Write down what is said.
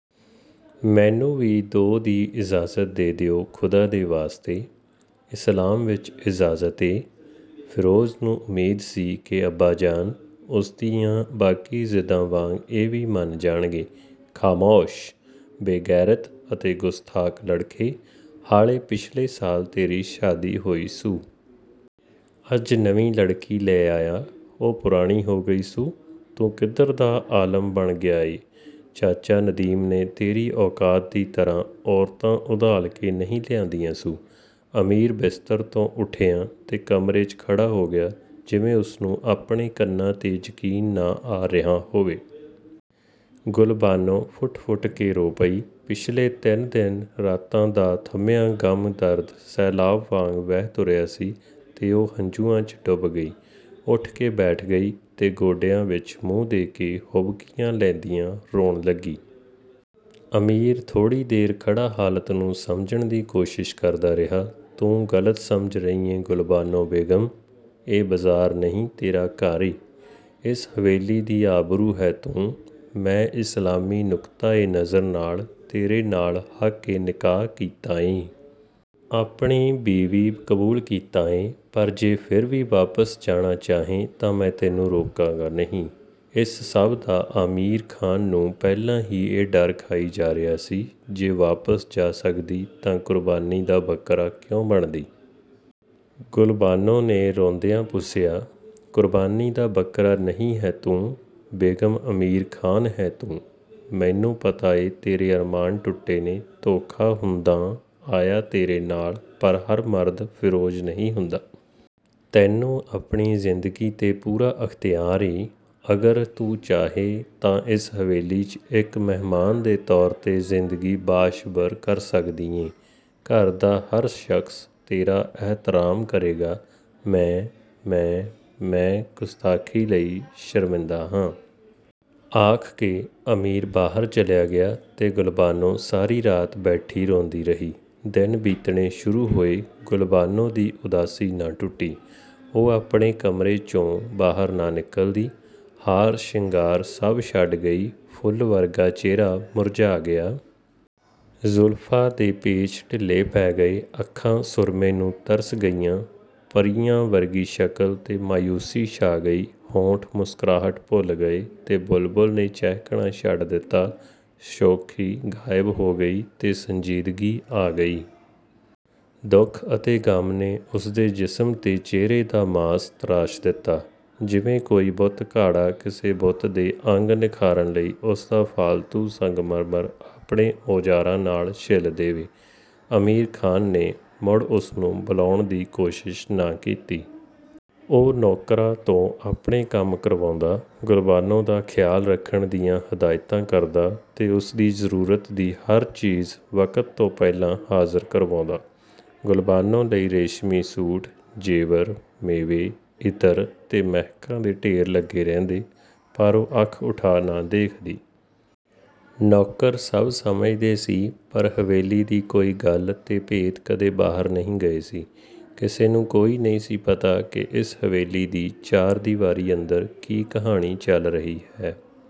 ਮੈਨੂੰ ਵੀ ਦੋ ਦੀ ਇਜਾਜ਼ਤ ਦੇ ਦਿਉ ਖ਼ੁਦਾ ਦੇ ਵਾਸਤੇ..! ਇਸਲਾਮ ਵਿੱਚ ਇਜਾਜ਼ਤ ਏ। ਫਿਰੋਜ਼ ਨੂੰ ਉਮੀਦ ਸੀ ਕਿ ਅੱਬਾ ਜਾਨ, ਉਸਦੀਆ ਬਾਕੀ ਜ਼ਿੱਦਾਂ ਵਾਂਗ ਇਹ ਵੀ ਮੰਨ ਜਾਣਗੇ…! "ਖਾਮੌਸ਼… ਬੇਗੈਰਤ ਅਤੇ ਗੁਸਤਾਖ ਲੜਕੇ… ਹਾਲੇ ਪਿਛਲੇ ਸਾਲ ਤੇਰੀ ਸ਼ਾਦੀ ਹੋਈ ਸੂ। ਅੱਜ ਨਵੀ ਲੜਕੀ ਲੈ ਆਇਆ। ਉਹ ਪੁਰਾਣੀ ਹੋ ਗਈ ਸੂ…! ਤੂੰ ਕਿਧਰ ਦਾ ਆਲਮ ਬਣ ਗਿਆ ਏ…! ਚਾਚਾ ਨਦੀਮ ਨੇ ਤੇਰੀ ਔਕਾਤ ਦੀ ਤਰ੍ਹਾਂ ਔਰਤਾਂ ਉਧਾਲ ਕੇ ਨਹੀ ਲਿਆਦੀਆਂ ਸੂ। ਅਮੀਰ ਬਿਸਤਰ ਤੋਂ ਉਠਿਆਂ ਤੇ ਕਮਰੇ, ਚ' ਖੜ੍ਹਾ ਹੋ ਗਿਆ, ਜਿਵੇਂ ਉਸਨੂੰ ਆਪਣੇ ਕੰਨਾਂ ਤੇ ਯਕੀਨ ਨਾ ਆ ਰਿਹਾਂ ਹੋਵੇ। ਗੁਲਬਾਨੋ ਫੁੱਟ-ਫੁੱਟ ਕੇ ਰੋ ਪਈ। ਪਿਛਲੇ ਤਿੰਨ, ਦਿਨ-ਰਾਤਾਂ ਦਾ ਥੰਮਿਆਂ 'ਗਮ-ਦਰਦ', ਸੈਲਾਬ ਵਾਂਗ ਵਹਿ ਤੁਰਿਆ ਸੀ ਤੇ ਉਹ ਹੰਝੂਆਂ, ਚ' ਡੁੱਬ ਗਈ। ਉਠ ਕੇ ਬੈਠ ਗਈ ਤੇ ਗੋਡਿਆ ਵਿੱਚ ਮੂੰਹ ਦੇ ਕੇ ਹੁਬਕੀਆਂ ਲੈਦੀਆਂ ਰੋਣ ਲੱਗੀ। ਅਮੀਰ ਥੋੜ੍ਹੀ ਦੇਰ ਖੜ੍ਹਾ ਹਾਲਤ ਨੂੰ ਸਮਝਣ ਦੀ ਕੋਸ਼ਿਸ ਕਰਦਾ ਰਿਹਾ। "ਤੂੰ ਗਲਤ ਸਮਝ ਰਹੀ ਏਂ ਗੁਲਬਾਨੋ ਬੇਗਮ ".. ਇਹ ਬਜ਼ਾਰ ਨਹੀਂ ਤੇਰਾ ਘਰ ਏਂ। ਇਸ ਹਵੇਲੀ ਦੀ ਆਬਰੂ ਹੈ ਤੂੰ… ਮੈਂ ਇਸਲਾਮੀ ਨੁੱਕਤਾ-ਏ-ਨਜ਼ਰ ਨਾਲ, ਤੇਰੇ ਨਾਲ ਹੱਕ-ਏ-ਨਿਕਾਹ ਕੀਤਾ ਏਂ। ਆਪਣੀ ਬੀਵੀ ਕਬੂਲ ਕੀਤਾ ਏਂ। ਪਰ ਜੇ ਫਿਰ ਵੀ ਵਾਪਿਸ ਜਾਣਾ ਚਾਹੇ ਤਾਂ ਮੈਂ ਤੈਨੂੰ ਰੋਕਾਗਾ ਨਹੀ…! ਇਸ ਸਭ ਦਾ ਅਮੀਰ ਖ਼ਾਨ ਨੂੰ ਪਹਿਲਾਂ ਹੀ ਇਹ ਡਰ ਖਾਈ ਜਾ ਰਿਹਾ ਸੀ। "ਜੇ ਵਾਪਿਸ ਜਾ ਸਕਦੀ ਤਾਂ ਕੁਰਬਾਨੀ ਦਾ ਬਕਰਾ ਕਿਉਂ ਬਣਦੀ",! ਗੁਲਬਾਨੋ ਨੇ ਰੋਂਦਿਆ ਪੁੱਛਿਆ…! "ਕੁਰਬਾਨੀ ਦਾ ਬੱਕਰਾ ਨਹੀ ਹੈ ਤੂੰ.. ਬੇਗਮ ਅਮੀਰ ਖਾਨ ਹੈ ਤੂੰ …। ਮੈਨੂੰ ਪਤਾ ਏ ਤੇਰੇ ਅਰਮਾਨ ਟੁੱਟੇ ਨੇ, ਧੋਖਾ ਹੁੰਦਾਂ ਆਇਆ ਤੇਰੇ ਨਾਲ, ਪਰ ਹਰ ਮਰਦ ਫਿਰੋਜ ਨਹੀ ਹੁੰਦਾ। ਤੈਨੂੰ ਆਪਣੀ ਜ਼ਿੰਦਗੀ ਤੇ ਪੂਰਾ ਅਖਤਿਆਰ ਏਂ। ਅਗਰ ਤੂੰ ਚਾਹੇ ਤਾਂ ਇਸ ਹਵੇਲੀ, ਚ' ਇਕ ਮਹਿਮਾਨ ਦੇ ਤੌਰ ਤੇ ਜ਼ਿੰਦਗੀ ਬਾਸ਼ਬਰ ਕਰ ਸਕਦੀ ਏਂ..!! ਘਰ ਦਾ ਹਰ ਸ਼ਖਸ ਤੇਰਾ ਅਹਿਤਰਾਮ ਕਰੇਗਾ। ਮੈਂ….. ਮੈਂ…… ਮੈਂ ਗੁਸਤਾਖੀ ਲਈ ਸ਼ਰਮਿੰਦਾ ਹਾਂ। ਆਖਕੇ, ਅਮੀਰ ਬਾਹਰ ਚਲਿਆ ਗਿਆ ਤੇ ਗੁਲਬਾਨੋ ਸਾਰੀ ਰਾਤ ਬੈਠੀ ਰੋਂਦੀ ਰਹੀ। ਦਿਨ ਬੀਤਣੇ ਸੁਰੂ ਹੋਏ, ਗੁਲਬਾਨੋ ਦੀ ਉਦਾਸੀ ਨਾ ਟੁੱਟੀ। ਉਹ ਆਪਣੇ ਕਮਰੇ, ਚੋਂ ਬਾਹਰ ਨਾ ਨਿੱਕਲਦੀ। ਹਾਰ ਸ਼ਿੰਗਾਰ ਸੱਭ ਛੱਡ ਗਈ, ਫੁੱਲ ਵਰਗਾ ਚਿਹਰਾ ਮੁਰਝਾ ਗਿਆ। ਜ਼ੁਲਫ਼ਾ ਦੇ ਪੇਚ ਢਿੱਲੇ ਪੈ ਗਏ। ਅੱਖਾਂ ਸੁਰਮੇ ਨੂੰ ਤਰਸ਼ ਗਈਆ। ਪਰੀਆ ਵਰਗੀ ਸ਼ਕਲ ਤੇ ਮਾਯੂਸੀ ਛਾ ਗਈ। ਹੋਂਠ ਮੁਸਕ੍ਰਾਹਟ ਭੁੱਲ ਗਏ ਤੇ ਬੁਲਬਲ ਨੇ ਚਹਿਕਣਾ ਛੱਡ ਦਿਤਾ। ਸ਼ੋਖੀ ਗਾਇਬ ਹੋ ਗਈ ਤੇ ਸੰਜੀਦਗੀ ਆ ਗਈ। ਦੁਖ ਅਤੇ ਗਮ ਨੇ ਉਸਦੇ ਜ਼ਿਸਮ ਤੇ ਚਿਹਰੇ ਦਾ ਮਾਸ ਤਰਾਸ਼ ਦਿਤਾ… ਜਿਵੇਂ ਕੋਈ ਬੁੱਤਘਾੜਾ ਕਿਸੇ ਬੁੱਤ ਦੇ ਅੰਗ ਨਿਖਾਰਨ ਲਈ ਉਸਦਾ ਫਾਲਤੂ ਸੰਗਮਰਮਰ ਆਪਣੇ ਔਜ਼ਾਰਾਂ ਨਾਲ ਛਿੱਲ ਦੇਵੇ। ਅਮੀਰ ਖ਼ਾਨ ਨੇ, ਮੁੜ ਉਸਨੂੰ ਬਲਾਉਣ ਦੀ ਕੋਸ਼ਿਸ ਨਾ ਕੀਤੀ। ਉਹ ਨੌਕਰਾ ਤੋਂ ਆਪਣੇ ਕੰਮ ਕਰਵਾਉਦਾ। ਗੁਲਬਾਨੋ ਦਾ ਖ਼ਿਆਲ ਰੱਖਣ ਦੀਆਂ ਹਦਾਇਤਾਂ ਕਰਦਾ ਤੇ ਉਸ ਦੀ ਜ਼ਰੂਰਤ ਦੀ ਹਰ ਚੀਜ਼ ਵਕਤ ਤੋਂ ਪਹਿਲਾਂ ਹਾਜ਼ਰ ਕਰਵਾਉਦਾ। ਗੁਲਬਾਨੋ ਲਈ ਰੇਸ਼ਮੀ ਸੂਟ, ਜੇਵਰ, ਮੇਵੇ, ਇਤਰ ਤੇ ਮਹਿਕਾ ਦੇ ਢੇਰ ਲੱਗੇ ਰਹਿੰਦੇ ਪਰ ਉਹ ਅੱਖ ਉਠਾ ਨਾ ਦੇਖਦੀ। ਨੌਕਰ ਸਭ ਸਮਝਦੇ ਸੀ, ਪਰ ਹਵੇਲੀ ਦੀ ਕੋਈ ਗੱਲ ਤੇ ਭੇਤ ਕਦੇ ਬਾਹਰ ਨਹੀ ਗਏ ਸੀ। ਕਿਸੇ ਨੂੰ ਕੋਈ ਨਹੀਂ ਸੀ ਪਤਾ ਕੇ ਇਸ ਹਵੇਲੀ ਦੀ ਚਾਰ ਦੀਵਾਰੀ ਅੰਦਰ ਕੀ ਕਹਾਣੀ ਚੱਲ ਰਹੀ ਹੈ।